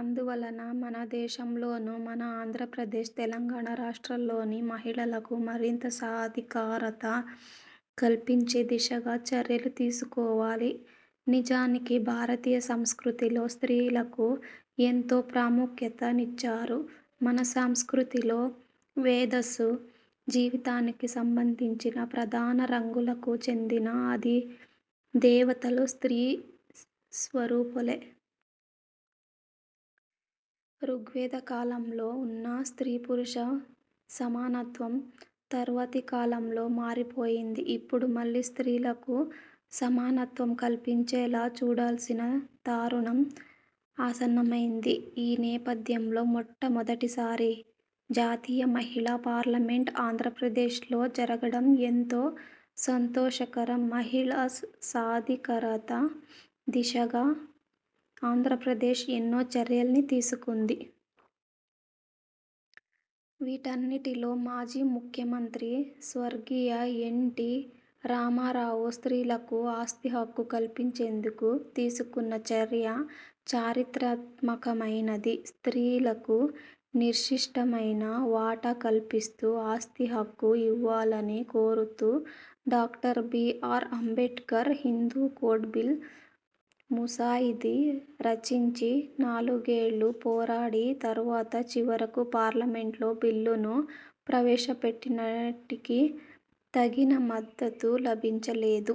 అందువల్ల మన దేశంలోనూ, మన ఆంధ్రప్రదేశ్, తెలంగాణ రాష్ట్రాల్లోనూ మహిళలకు మరింత సాధికారత కల్పించే దిశగా చర్యలు తీసుకోవాలి. నిజానికి భారతీయ సంస్కృతిలో స్త్రీలకు ఎంతో ప్రాముఖ్యత నిచ్చారు. మన సంస్కృతిలో మేధస్సు, జీవితానికి సంబంధించిన ప్రధాన రంగాలకు చెందిన అధి దేవతలు స్త్రీ స్వరూపులే. రుగ్వేద కాలంలో ఉన్న స్త్రీ పురుష సమానత్వం తర్వాతి కాలంలో మారిపోయింది. ఇప్పుడు మళ్లీ స్త్రీలకు సమానత్వం కల్పించేలా చూడాల్సిన తరుణం ఆసన్నమైంది. ఈ నేపథ్యంలో మొట్టమొదటిసారి జాతీయ మహిళా పార్లమెంట్ ఆంధ్రప్రదేశ్లో జరగడం ఎంతో సంతోషకరం. మహిళా సాధికారత దిశగా ఆంధ్రప్రదేశ్ ఎన్నో చర్యల్ని తీసుకుంది. వీటన్నిటిలో మాజీ ముఖ్యమంత్రి స్వర్గీయ ఎన్ టి రామారావు స్త్రీలకు ఆస్తి హక్కు కల్పించేందుకు తీసుకున్న చర్య చరిత్రాత్మకమైనది. స్త్రీలకు నిర్దిష్టమైన వాటా కల్పిస్తూ ఆస్తి హక్కు ఇవ్వాలని కోరుతూ డా. B. R. Ambedkar Hindu code bill ముసాయిదా రచించి నాలుగేళ్లు పోరాడిన తర్వాత చివరకు పార్లమెంట్లో బిల్లును ప్రవేశపెట్టినప్పటికీ తగిన మద్దతు లభించలేదు.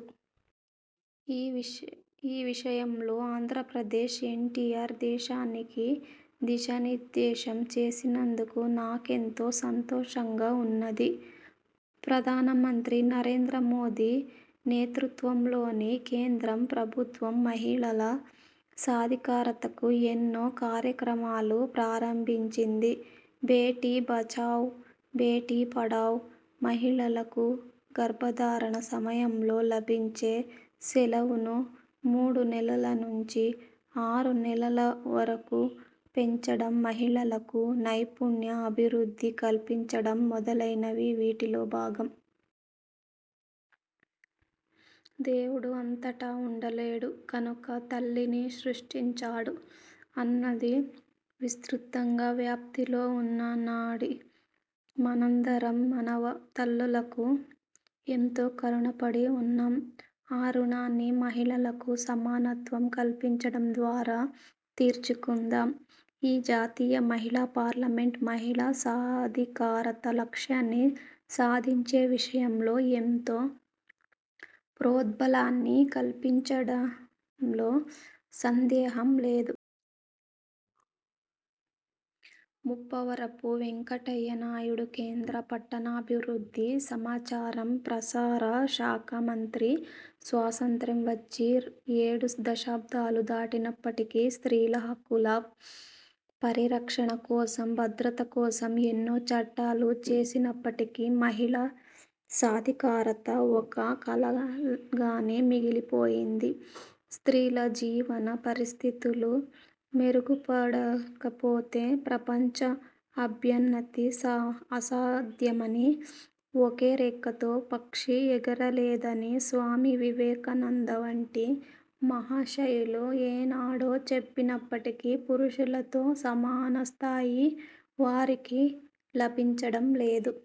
ఈ విషయంలో ఆంధ్రప్రదేశ్, ఎన్టీఆర్ దేశానికి దిశానిర్దేశం చేసినందుకు నాకెంతో సంతోషంగా ఉన్నది. ప్రధానమంత్రి నరేంద్రమోదీ నేతృత్వంలోని కేంద్ర ప్రభుత్వం మహిళా సాధికారతకు ఎన్నో కార్యక్రమాలు ప్రారంభించింది. 'బేటీ బచావో– బేటీ పడావో', మహిళలకు గర్భధారణ సమయంలో లభించే సెలవును మూడు నెలల నుంచి ఆరు నెలల వరకు పెంచడం, మహిళలకు నైపుణ్య అభివృద్ధి కల్పించడం మొదలైనవి వీటిలో భాగం. 'దేవుడు అంతటా ఉండలేడు కనుక తల్లిని సృష్టించాడు' అన్నది విస్తృతంగా వ్యాప్తిలో ఉన్న నానుడి. మనందరం మన తల్లులకు ఎంతో రుణపడి ఉన్నాం. ఆ రుణాన్ని మహిళలకు సమానత్వం కల్పించడం ద్వారా తీర్చుకుందాం. ఈ జాతీయ మహిళా పార్లమెంట్ మహిళా సాధికారత లక్ష్యాన్ని సాధించే విషయంలో ఎంతో ప్రోద్బలాన్ని కల్పించిందనడంలో సందేహం లేదు. ముప్పవరపు వెంకయ్యనాయుడుకేంద్ర పట్టణాభివృద్ధి, సమాచార ప్రసార శాఖ మంత్రి స్వాతంత్ర్యం వచ్చి ఏడు దశాబ్దాలు దాటినప్పటికీ, స్త్రీల హక్కుల పరిరక్షణ కోసం, భద్రత కోసం ఎన్నో చట్టాలు చేసినప్పటికీ మహిళా సాధికారత ఒక కలగానే మిగిలిపోయింది. స్త్రీల జీవన పరిస్థితులు మెరుగుపడకపోతే ప్రపంచ అభ్యున్నతి అసాధ్యమని, ఒకే రెక్కతో పక్షి ఎగరలేదని స్వామి వివేకానంద వంటి మహాశయులు ఏనాడో చెప్పినప్పటికీ, పురుషులతో సమాన స్థాయి వారికి లభించడం లేదు.